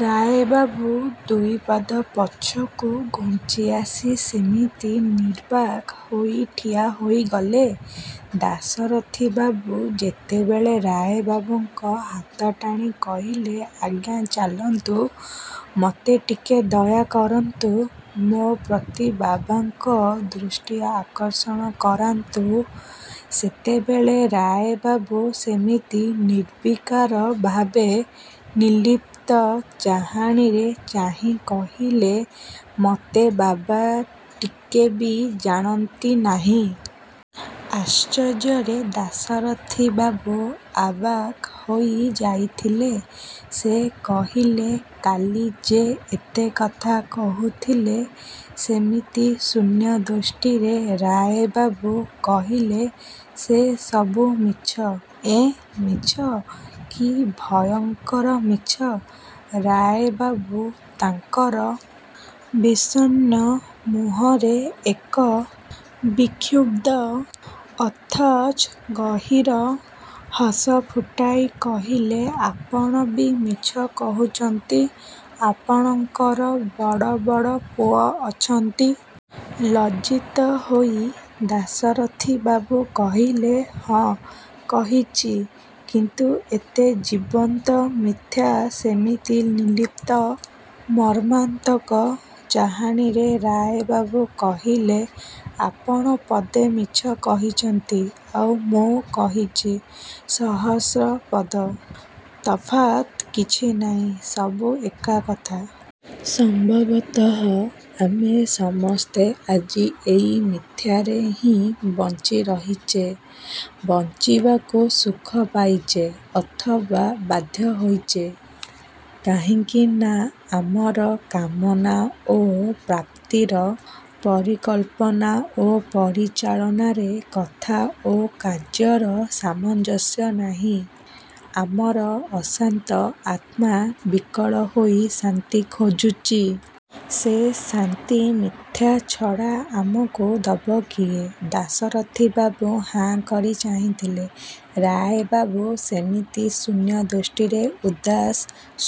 ରାୟ ବାବୁ ଦୁଇ ପାଦ ପଛକୁ ଘୁଞ୍ଚି ଆସି ସେମିତି ନିର୍ବାକ ହୋଇ ଠିଆ ହୋଇଗଲେ। ଦାଶରଥି ବାବୁ ଯେତେବେଳେ ରାୟ ବାବୁଙ୍କ ହାତ ଟାଣି କହିଲେ ଆଜ୍ଞା ଚାଲନ୍ତୁ, ମତେ ଟିକେ ଦୟା କରନ୍ତୁ, ମୋ ପ୍ରତି ବାବାଙ୍କ ଦୃଷ୍ଟି ଆକର୍ଷଣ କରାନ୍ତୁ। ସେତେବେଳେ ରାୟ ବାବୁ ସେମିତି ନିର୍ବିକାର ଭାବେ, ନୀର୍ଲିପ୍ତ ଚାହାଣୀରେ ଚାହିଁ କହିଲେ ମୋତେ ବାବା ଟିକେ ବି ଜାଣନ୍ତି ନାହିଁ। ଆଶ୍ଚର୍ଯ୍ୟରେ ଦାଶରଥି ବାବୁ ଅବାକ୍ ହୋଇ ଯାଇଥିଲେ, ସେ କହିଲେ କାଲି ଯେ ଏତେ କଥା କହୁଥିଲେ। ସେମିତି ଶୂନ୍ୟଦୃଷ୍ଟିରେ ରାୟ ବାବୁ କହିଲେ ସେ ସବୁ ମିଛ । ଏଁ ମିଛ? କି ଭୟଙ୍କର ମିଛ। ରାୟ ବାବୁ ତାଙ୍କର ବିଷଣ୍ଣ ମୁହଁରେ ଏକ ବିକ୍ଷୁବ୍ଧ, ଅଥଚ ଗହୀର ହସ ଫୁଟାଇ କହିଲେ ଆପଣ ବି ମିଛ କହୁଚନ୍ତି ଆପଣଙ୍କର ବଡ଼ ବଡ଼ ପୁଅ ଅଛନ୍ତି। ଲଜ୍ଜିତ ହୋଇ ଦାଶରଥି ବାବୁ କହିଲେ ହଁ, କହିଛି କିନ୍ତୁ ଏତେ ଜୀବନ୍ତ ମିଥ୍ୟା ସେମିତି ନିର୍ଲିପ୍ତ, ମର୍ମାନ୍ତିକ ଚାହାଣୀରେ ରାୟ ବାବୁ କହିଲେ, ଆପଣ ପଦେ ମିଛ କହିଚନ୍ତି ଆଉ ମୁଁ କହିଚି ସହସ୍ର ପଦ। ତଫାତ୍ କିଛି ନାଇଁ, ସବୁ ଏକା କଥା। ସମ୍ଭବତଃ ଆମେ ସମସ୍ତେ ଆଜି ଏଇ ମିଥ୍ୟାରେ ହିଁ ବଞ୍ଚି ରହିଛେ। ବଞ୍ଚିବାକୁ ସୁଖ ପାଇଚେ ଅଥବା ବାଧ୍ୟ ହୋଇଚେ। କାହିଁକି ନା ଆମର କାମନା ଓ ପ୍ରାପ୍ତିର, ପରିକଳ୍ପନା ଓ ପରିଚାଳନାରେ, କଥା ଓ କାର୍ଯ୍ୟର ସାମଞ୍ଜସ୍ୟ ନାହିଁ। ଆମର ଅଶାନ୍ତ ଆତ୍ମା ବିକଳ ହୋଇ ଶାନ୍ତି ଖୋଜୁଚି। ସେ ଶାନ୍ତି ମିଥ୍ୟା ଛଡ଼ା ଆମକୁ ଦବ କିଏ? ଦାଶରଥି ବାବୁ ହାଁ କରି ଚାହିଁ ଥିଲେ, ରାୟ ବାବୁ ସେମିତି ଶୂନ୍ୟ ଦୃଷ୍ଟିରେ ଉଦାସ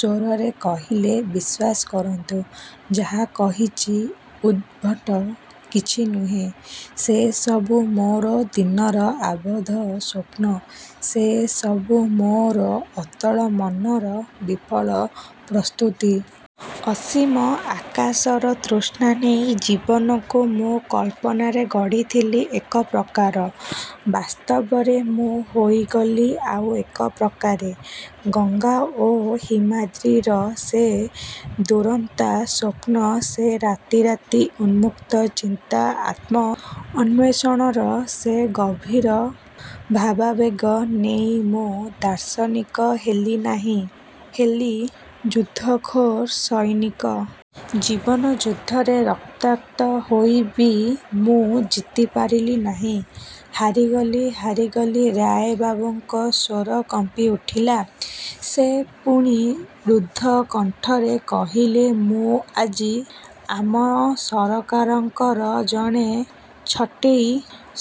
ସ୍ୱରରେ କହିଲେ ବିଶ୍ୱାସ କରନ୍ତୁ, ଯାହା କହିଛି ଉଦ୍ଭଟ କିଛି ନୁହେଁ। ସେ ସବୁ ମୋର ଦିନର ଆବଦ୍ଧ ସ୍ୱପ୍ନ, ସେ ସବୁ ମୋର ଅତଳ ମନର ବିଫଳ ପ୍ରସ୍ତୁତି। ଅସୀମ ଆକାଶର ତୃଷ୍ଣା ନେଇ ଜୀବନକୁ ମୁଁ କଳ୍ପନାରେ ଗଢ଼ିଥିଲି ଏକ ପ୍ରକାର, ବାସ୍ତବରେ ମୁଁ ହୋଇଗଲି ଆଉ ଏକ ପ୍ରକାରେ। ଗଙ୍ଗା ଓ ହିମାଦ୍ରୀର ସେ ଦୁରନ୍ତା ସ୍ୱପ୍ନ, ସେ ରାତି ରାତି ଉନ୍ମୁକ୍ତ ଚିନ୍ତା, ଆତ୍ମ ଅନ୍ୱେଷଣର ସେ ଗଭୀର ଭାବାବେଗ ନେଇ ମୁଁ ଦାର୍ଶନିକ ହେଲି ନାହିଁ, ହେଲି ଯୁଦ୍ଧଖୋର ସୈନିକ। ଜୀବନ ଯୁଦ୍ଧରେ ରକ୍ତାକ୍ତ ହୋଇ ବି ମୁଁ ଜିତି ପାରିଲି ନାହିଁ। ହାରି ଗଲି, ହାରି ଗଲି ରାୟ ବାବୁଙ୍କ ସ୍ୱର କମ୍ପି ଉଠିଲା । ସେ ପୁଣି ରୁଦ୍ଧକଣ୍ଠରେ କହିଲେ ମୁଁ ଆଜି ଆମ ସରକାରଙ୍କର ଜଣେ ଛଟେଇ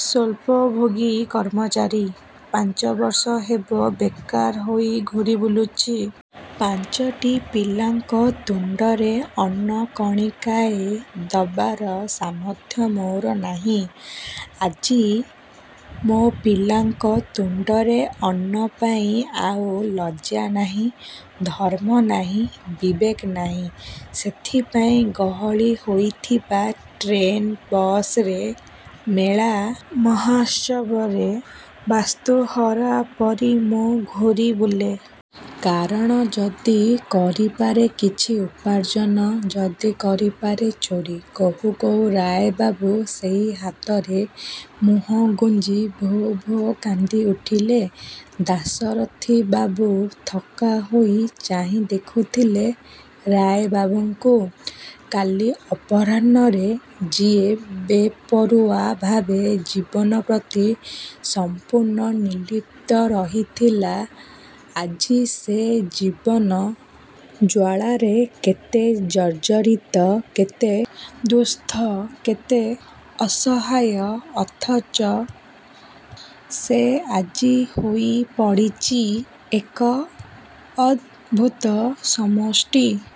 ସ୍ଵଳ୍ପଭୋଗୀ କର୍ମଚାରୀ । ପାଞ୍ଚବର୍ଷ ହେବ ବେକାର ହୋଇ ଘୂରି ବୁଲୁଛି । ପାଞ୍ଚଟି ପିଲାଙ୍କ ତୁଣ୍ଡରେ ଅନ୍ନ କଣିକାଏ ଦବାର ସାମର୍ଥ୍ୟ ମୋର ନାହିଁ । ଆଜି ମୋ ପିଲାଙ୍କ ତୁଣ୍ଡରେ ଅନ୍ନପାଇଁ ଆଉ ଲଜ୍ଜା ନାହିଁ, ଧର୍ମ ନାହିଁ, ବିବେକ ନାହିଁ । ସେଥିପାଇଁ ଗହଳି ହୋଇଥିବା ଟ୍ରେନ ବସରେ, ମେଳା ମହାତ୍ସବରେ ବାସ୍ତୁହରା ପରି ମୁଁ ଘୁରିବୁଲେ। କାରଣ ଯଦି କରିପାରେ କିଛି ଉପାର୍ଜନ, ଯଦି କରିପାରେ ଚୋରୀ, କହୁ କହୁ ରାୟ ବାବୁ ସେଇ ହାତରେ ମୁହଁ ଗୁଞ୍ଜି ଭୋ ଭୋ କାନ୍ଦି ଉଠିଲେ। ଦାଶରଥୀ ବାବୁ ଥକ୍କା ହୋଇ ଚାହିଁ ଦେଖୁଥିଲେ ରାୟ ବାବୁଙ୍କୁ। କାଲି ଅପରାହ୍ନରେ ଯିଏ ବେପରୁଆ ଭାବେ, ଜୀବନ ପ୍ରତି ସମ୍ପୂର୍ଣ୍ଣ ନିର୍ଲିପ୍ତ ରହିଥିଲା ଆଜି ସେ ଜୀବନ ଜ୍ୱାଳାରେ କେତେ ଜର୍ଜରିତ, କେତେ ଦୁଃସ୍ଥ, କେତେ ଅସହାୟ ଅଥଚ ସେ ଆଜି ହୋଇ ପଡ଼ିଛି ଏକ ଅଦ୍ଭୁତ ସମଷ୍ଟି।